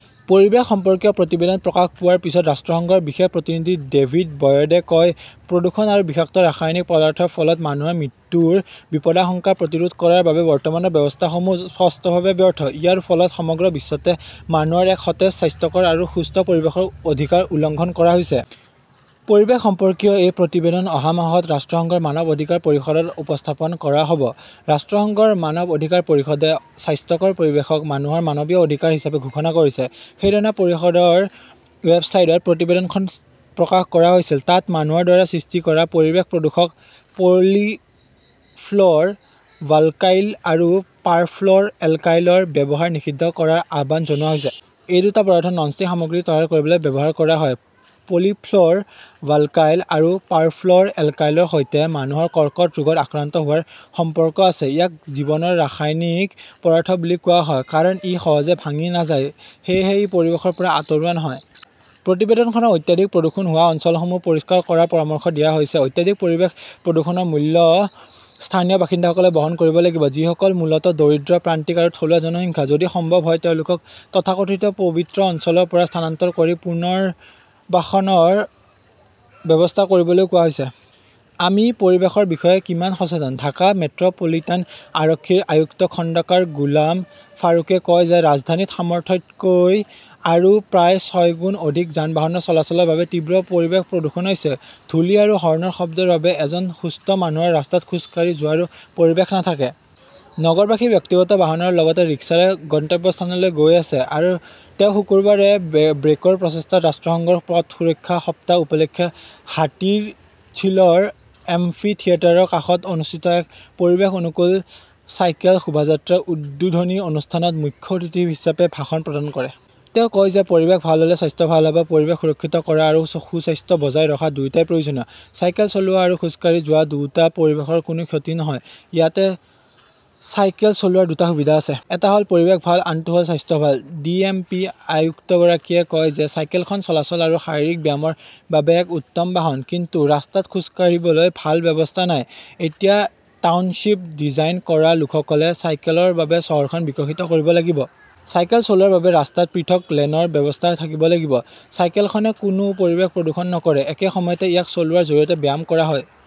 পৰিৱেশ সম্পৰ্কীয় প্ৰতিবেদন প্ৰকাশ পোৱাৰ পিছত ৰাষ্ট্ৰসংঘৰ বিশেষ প্ৰতিনিধি ডেভিদ বয়ডে কয়, প্ৰদূষণ আৰু বিষাক্ত ৰাসায়নিক পদাৰ্থৰ ফলত মানুহৰ মৃত্যুৰ বিপদাশংকা প্ৰতিৰোধ কৰাৰ বাবে বৰ্তমানৰ ব্যৱস্থাসমূহ স্পষ্টভাৱে ব্যৰ্থ। ইয়াৰ ফলত সমগ্ৰ বিশ্বতে মানুহৰ এক সতেজ, স্বাস্থ্যকৰ আৰু সুস্থ পৰিৱেশৰ অধিকাৰ উলংঘন কৰা হৈছে। পৰিৱেশ সম্পৰ্কীয় এই প্ৰতিবেদন অহা মাহত ৰাষ্ট্ৰসংঘৰ মানৱ অধিকাৰ পৰিষদত উপস্থাপন কৰা হব। ৰাষ্ট্ৰসংঘৰ মানৱ অধিকাৰ পৰিষদে স্বাস্থ্যকৰ পৰিৱেশক মানুহৰ মানৱীয় অধিকাৰ হিচাপে ঘোষণা কৰিছে। সেইদিনা পৰিষদৰ ৱেবছাইটত প্ৰতিবেদনখন প্ৰকাশ কৰা হৈছিল। তাত মানুহৰ দ্বাৰা সৃষ্টি কৰা পৰিৱেশ প্ৰদূষক পলিফ্লৰ ৱাল্কাইল আৰু পাৰফ্লৰ এল্কাইলৰ ব্যৱহাৰ নিষিদ্ধ কৰাৰ আহ্বান জনোৱা হৈছে। এই দুটা পদাৰ্থ নন-ষ্টিক সামগ্ৰী তৈয়াৰ কৰিবলৈ ব্যৱহাৰ কৰা হয়। পলিফ্লৰ ৱাল্কাইল আৰু পাৰফ্লৰ এল্কাইলৰ সৈতে মানুহৰ কৰ্কট ৰোগত আক্ৰান্ত হোৱাৰ সম্পৰ্ক আছে। ইয়াক জীৱনৰ ৰাসায়নিক পদাৰ্থ বুলি কোৱা হয়। কাৰণ ই সহজে ভাঙি নাযায়, সেয়েহে ই পৰিৱেশৰ পৰা আঁতৰোৱা নহয়। প্ৰতিবেদনখনত অত্যাধিক প্ৰদূষণ হোৱা অঞ্চলসমূহ পৰিষ্কাৰ কৰাৰ পৰামৰ্শ দিয়া হৈছে। অত্যাধিক পৰিৱেশ প্ৰদূষণৰ মূল্য স্থানীয় বাসিন্দাসকলে বহন কৰিব লাগিব; যিসকল মূলতঃ দৰিদ্ৰ, প্ৰান্তিক আৰু থলুৱা জনসংখ্যা। যদি সম্ভৱ হয়, তেওঁলোকক তথাকথিত পবিত্ৰ অঞ্চল ৰ পৰা স্থানান্তৰ কৰি পুনৰবাসনৰ ব্যৱস্থা কৰিবলৈও কোৱা হৈছে। আমি পৰিৱেশৰ বিষয়ে কিমান সচেতন? ঢাকা মেট্ৰ পলিটান আৰক্ষীৰ আয়ুক্ত খণ্ডকাৰ গোলাম ফাৰুকে কয় যে ৰাজধানীত সামৰ্থ্যতকৈ আৰু প্ৰায় ছয়গুণ অধিক যান-বাহনৰ চলাচলৰ বাবে তীব্ৰ পৰিৱেশ প্ৰদূষণ হৈছে। ধূলি আৰু হৰ্ণৰ শব্দৰ বাবে এজন সুস্থ মানুহৰ ৰাস্তাত খোজ কাঢ়ি যোৱাৰ পৰিৱেশ নাথাকে। নগৰবাসী ব্যক্তিগত বাহনৰ লগতে ৰিক্সাৰে গন্তব্যস্থানলৈ গৈ আছে আৰু তেওঁ শুকুৰবাৰে ব্ৰে ব্ৰেকৰ প্ৰচেষ্টাত ৰাষ্ট্ৰসংঘৰ পথ সুৰক্ষা সপ্তাহ উপলক্ষে হাতীৰঝিলৰ এম্ফি থিয়েটাৰৰ কাষত অনুষ্ঠিত এক পৰিৱেশ-অনুকূল চাইকেল শোভাযাত্ৰৰ উদ্বোধনী অনুষ্ঠানত মুখ্য অতিথি হিচাপে ভাষণ প্ৰদান কৰে। তেওঁ কয় যে, পৰিৱেশ ভাল হ'লে স্বাস্থ্য ভাল হব। পৰিৱেশ সুৰক্ষিত কৰা আৰু সুস্বাস্থ্য বজাই ৰখা দুয়োটাই প্ৰয়োজনীয়। চাইকেল চলোৱা আৰু খোজ কাঢ়ি যোৱা দুয়োটা পৰিৱেশৰ কোনো ক্ষতি নহয়। ইয়াতে চাইকেল চলোৱাৰ দুটা সুবিধা আছে। এটা হ'ল পৰিৱেশ ভাল, আনটো হ'ল স্বাস্থ্য ভাল। ডিএমপি আয়ুক্তগৰাকীয়ে কয় যে চাইকেলখন চলাচল আৰু শাৰীৰিক ব্যায়ামৰ বাবে এক উত্তম বাহন। কিন্তু ৰাস্তাত খোজ কাঢ়িবলৈ ভাল ব্যৱস্থা নাই। এতিয়া টাউনশ্বিপ ডিজাইন কৰা লোকসকলে চাইকেলৰ বাবে চহৰখন বিকশিত কৰিব লাগিব। চাইকেল চলোৱাৰ বাবে ৰাস্তাত পৃথক লেনৰ ব্যৱস্থা থাকিব লাগিব। চাইকেলখনে কোনো পৰিৱেশ প্ৰদূষণ নকৰে। একে সময়তে ইয়াক চলোৱাৰ জৰিয়তে ব্যায়াম কৰা হয়।